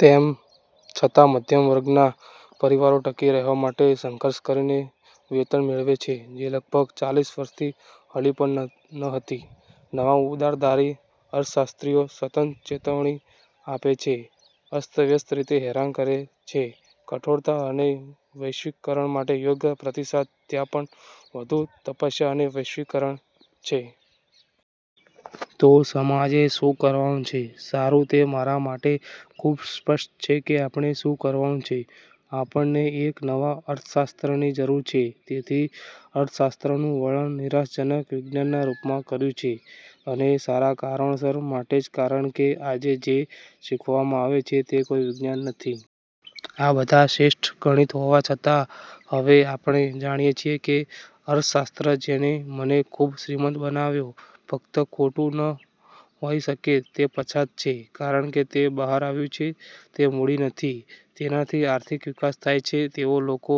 તેમ છતાં, મધ્યમ વર્ગના પરિવારો ટકી રહેવા માટે સંઘર્ષ કરીને વેતન મેળવે છે જે લગભગ ચાલીસ વર્ષથી હલી પણ ન ન હતી નવા-ઉદારદારી અર્થશાસ્ત્રીઓ સતત ચેતવણી આપે છે, અસ્તવ્યસ્ત રીતે હેરાન કરે છે, કઠોરતા અને વૈશ્વિકરણ માટે યોગ્ય પ્રતિસાદ ત્યાં પણ વધુ તપસ્યા અને વૈશ્વિકરણ છે. તો સમાજે શું કરવાનું છે? સારું, તે મારા માટે ખૂબ સ્પષ્ટ છે કે આપણે શું કરવાનું છે. આપણને એક નવા અર્થશાસ્ત્રની જરૂર છે. તેથી, અર્થશાસ્ત્રનું વર્ણન નિરાશાજનક વિજ્ઞાન ના રૂપમાં કર્યું છે અને સારા કારણોસર માટે કારણ કે આજે જે શીખવવામાં આવે છે, તે કોઈ વિજ્ઞાન નથી. આ બધા શ્રેષ્ઠ ગણિત હોવા છતાં હવે આપણે જાણીએ છીએ કે અર્થશાસ્ત્ર જેણે મને ખૂબ શ્રીમંત બનાવ્યો, ફક્ત ખોટું ન હોઈ શકે, તે પછાત છે, કારણ કે તે બહાર આવ્યું છે તે મૂડી નથી તેનાથી આર્થિક વિકાસ થાય છે, તેઓ લોકો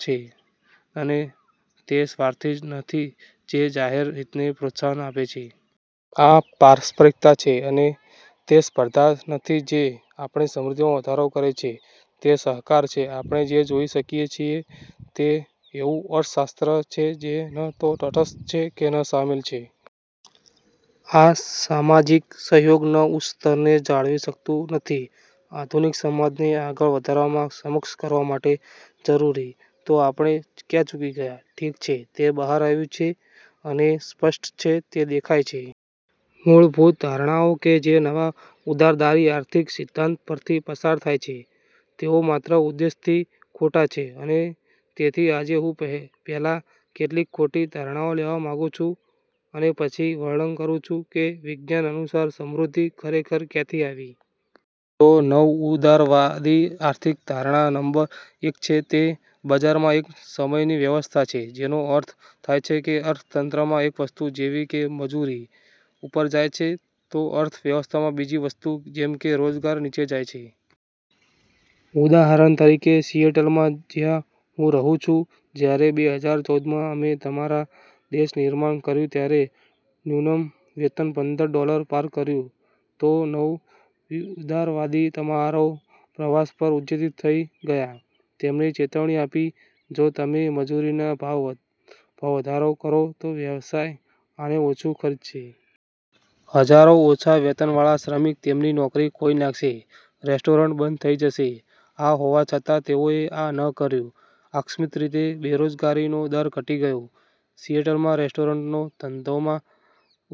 છે; અને તે સ્વાર્થીજ નથી જે જાહેર હિતને પ્રોત્સાહન આપે છે. આ પારસ્પરિકતા છે, અને તે સ્પર્ધાજ નથી જે આપણી સમૃદ્ધિમાં વધારો કરે છે. તે સહકાર છે. આપણે જે જોઈ શકીએ છીએ તે એવું અર્થશાસ્ત્ર છે જે ન તો તટસ્થ છે કે ન શામેલ છે. આ સામાજિક સહયોગ ના ઉસ સ્તર ને જાળવી શકતું નથી. આધુનિક સમાજને આગળ વધારવામાં સક્ષમ કરવા માટે જરૂરી. તો આપણે ક્યાં ચૂકી ગયા? ઠીક છે, તે બહાર આવ્યું છે અને સ્પષ્ટ છે તે દેખાય છે. મૂળભૂત ધારણાઓ કે જે નવા ઉદારદારી આર્થિક સિદ્ધાંત પર થી પસાર થાય છે, તેઓ માત્ર ઉદ્દેશ્યથી ખોટા છે અને તેથી આજે હું પેહ પેલા કેટલીક ખોટી ધારણાઓ લેવા માંગુ છુ અને પછી વર્ણન કરુ છુ કે વિજ્ઞાન અનુસાર સમૃદ્ધિ ખરેખર ક્યાંથી આવી. તો નવઉદારવાદી આર્થિક ધારણા નંબર એક છે તે બજારમાં એક સમયની વ્યવસ્થા છે જેનો અર્થ થાય છે અર્થતંત્રમાં એક વસ્તુ, જેવી કે મજૂરી ઉપર જાય છે, તો અર્થ વ્યવસ્થામાં બીજી વસ્તુ, જેમ કે રોજગાર નીચે જાય છે. ઉદાહરણ તરીકે; સિએટલમાં જ્યાં હું રહું છુ, જ્યારે બેહજાર ચૌદ મા અમે તમારા દેશ નિર્માણ કર્યું ત્યારે ન્યુનમ વેતન પંદર ડોલર પાર કર્યું. તો નવયુદારવાદી તમારો પ્રવાશ પર ઉત્તેજિત થઈ ગયા. તેમણે ચેતવણી આપી "જો તમે મજૂરીના ભાવ વધમા વધારો કરો, તો વ્યવસાય આને ઓછું ખરીદસે." હજારો ઓછા વેતનવાળા શ્રમિક તેમની નોકરી ખોઈ નાખસે, રેસ્ટ્રોરંટ બંધ થઈ જસે. આ હોવા છતા તેઓએ આ ન કર્યું. આકસ્મિક રીતે બેરોજગારીનો દર ઘટી ગયો. સિએટલમાં રેસ્ટોરન્ટનો ધંધોમાં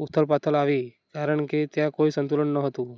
ઉથલપાથલ આવી કારણકે ત્યાં કોઈ સંતુલન નહોતુ.